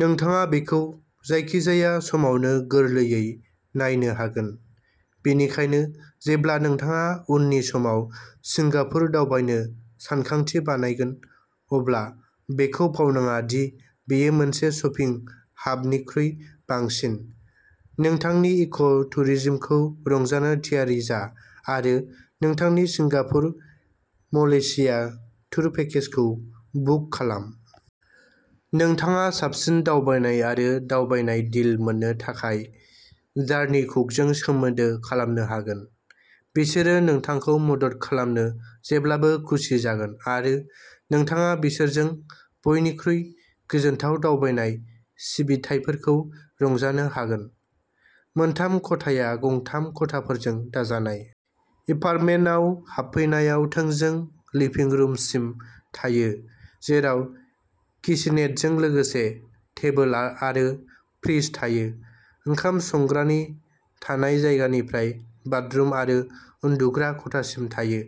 नोंथाङा बेखौ जायखिजाया समावनो गोरलैयै नायनो हागोन। बेनिखायनो जेब्ला नोंथाङा उननि समाव सिंगापुर दावबायनो सानथांखि बानायगोन, अब्ला बेखौ बावनाङा दि बेयो मोनसे शपिं हाबनिख्रुइ बांसिन। नोंथांनि इक' टुरिजमखौ रंजानो थियारि जा आरो नोंथांनि सिंगापुर मलेशिया टुर पेकेजखौ बुक खालाम। नोंथाङा साबसिन दावबायनाय आरो दावबायनाय डिल मोननो थाखाय जार्नीकुकजों सोमोन्दो खालामनो हागोन। बिसोरो नोंथांखौ मदद खालामनो जेब्लाबो खुसि जागोन आरो नोंथाङा बिसोरजों बयनिख्रुइ गोजोनथाव दावबायनाय सिबिथाइफोरखौ रंजानो हागोन। मोनथाम खथाया गंथाम खथाफोरजों दाजानाय। एपार्टमेन्टआव हाबफैनायाव थोंजों लिभिं रुमसिम थायो जेराव किचेनेटजों लोगोसे टेबोल आरो फ्रिज थायो। ओंखाम संग्रानि थानाय जायगानिफ्राय बाथरुम आरो उन्दुग्रा खथासिम थाङो।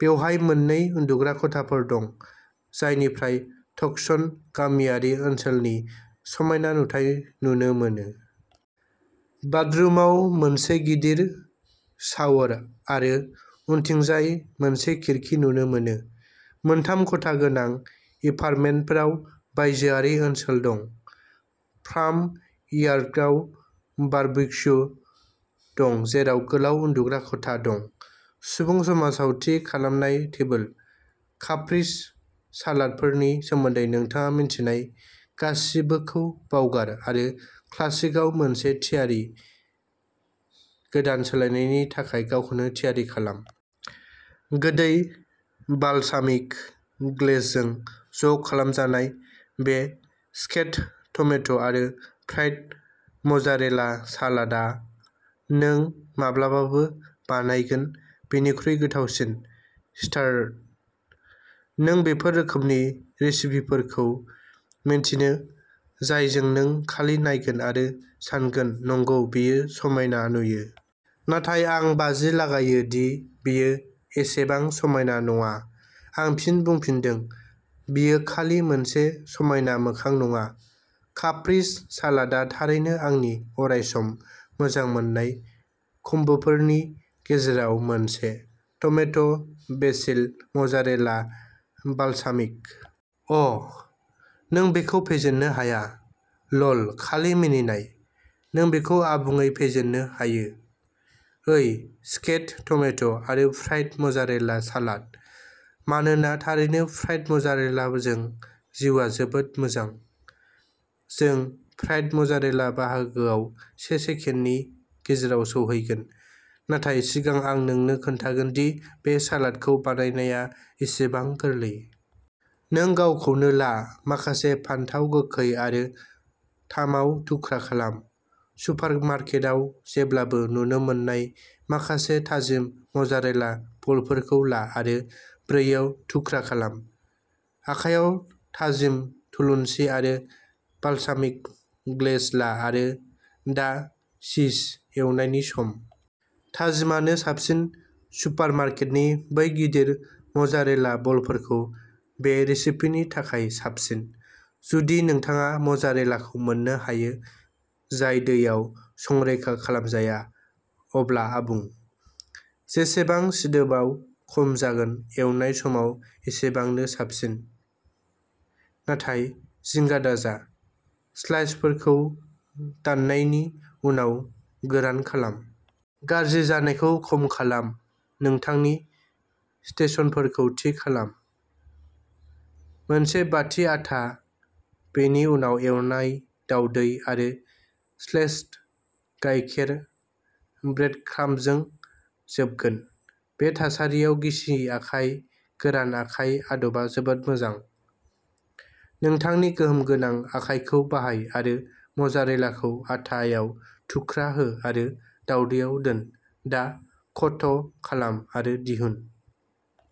बेवहाय मोन्नै उन्दुग्रा खथाफोर दं जायनिफ्राय टस्कन गामियारि ओनसोलनि समायना नुथाय नुनो मोनो। बाथरुमाव मोनसे गिदिर शावर आरो उनथिंजाय मोनसे खिरखि नुनो मोनो। मोनथाम खथा गोनां एपार्टमेन्टफोराव बायजोआरि ओनसोल दं, फार्म यार्डआव बारबिक्यु दं जेराव गोलाव उन्दुग्रा खथा दं। सुबुं समाजाव थि खालामनाय टेबोल। काप्रीस सालादफोरनि सोमोन्दै नोंथाङा मिन्थिनाय गासिबोखौ बावगार आरो क्लासिकआव मोनसे गोदान सोलायनायनि थाखाय गावखौनो थियारि खालाम। गोदै बालसामिक ग्लेजजों ज' खालामजानाय, बे स्टेक्ड टमेट' आरो फ्राइड मजारेला सालादआ नों माब्लाबाबो बानायगोन बयनिख्रुइ गोथावसिन स्टार! नों बैफोर रोखोमनि रेसिपिफोरखौ मिन्थियो जायखौ नों खालि नायगोन आरो सानगोन नंगौ, बेयो समायना नुयो। नाथाय आं बाजि लागायो दि बेयो एसेबां समायना नङा'। आं फिन बुंफिनदों, बेयो खालि मोनसे समायना मोखां नङा। काप्रीस सालादआ थारैनो आंनि अरायसम मोजां मोनजानाय कम्बोफोरनि गेजेराव मोनसे। Tomato ', basil, mozzarella, balsamic. आह। नों बेखौ फेजेननो हाया। ल'ल खालि मिनिनाय, नों बेखौ आबुङै फेजेननो हायो। ओइ, स्टेक्ड टमेट' आरो फ्राइड मजारेला सालाद! मानोना थारैनो, फ्राइड मजारेलाजों जिउआ जोबोद मोजां। जों फ्रायड मजारेला बाहागोआव से सेकेन्डनि गेजेराव सौहैगोन, नाथाय सिगां आं नोंनो खोन्थागोन दि बे सालादखौ बानायनाया बेसेबां गोरलै। नों गावखौनो ला। माखासे फानथाव गोखै आरो थामआव थुख्रा खालाम। सुपारमार्केटआव जेब्लाबो नुनो मोननाय माखासे थाजिम मजारेला बलफोरखौ ला आरो ब्रैआव थुख्रा खालाम। आखायाव थाजिम थुलुनसि आरो बालसामिक ग्लेज ला आरो दा चिज एवनायनि सम! थाजिमानो साबसिन सुपारमार्केटनि बै गिदिर मजारेला बलफोरा बे रेसिपिनि थाखाय साबसिन। जुदि नोंथाङा मजारेलाखौ मोननो हायो जाय दैयाव संरैखा खालामजाया, अब्ला आबुं। जेसेबां सिदोबआ खम जागोन, एवनाय समाव एसेबांनो साबसिन। नाथाय जिंगा दाजा, स्लाइसफोरखौ दाननायनि उनाव गोरान खालाम! गाज्रि जानायखौ खम खालाम नोंथांनि स्टेशनफोरखौ थि खालामः मोनसे बाटि आटा, बेनि उनाव एवनाय दावदै आरो मोनसे स्प्लेश गायखेर, ब्रेडक्राम्बजों जोबगोन। बे थासारियाव गिसि आखाय गोरान आखाय आदबआ जोबोद मोजां। नोंथांनि गोहोम गोनां आखायखौ बाहाय आरो मजारेलाखौ आटा आव थुख्रा हो आरो दावदैआव दोन। दा क'ट खालाम आरो दिहुन।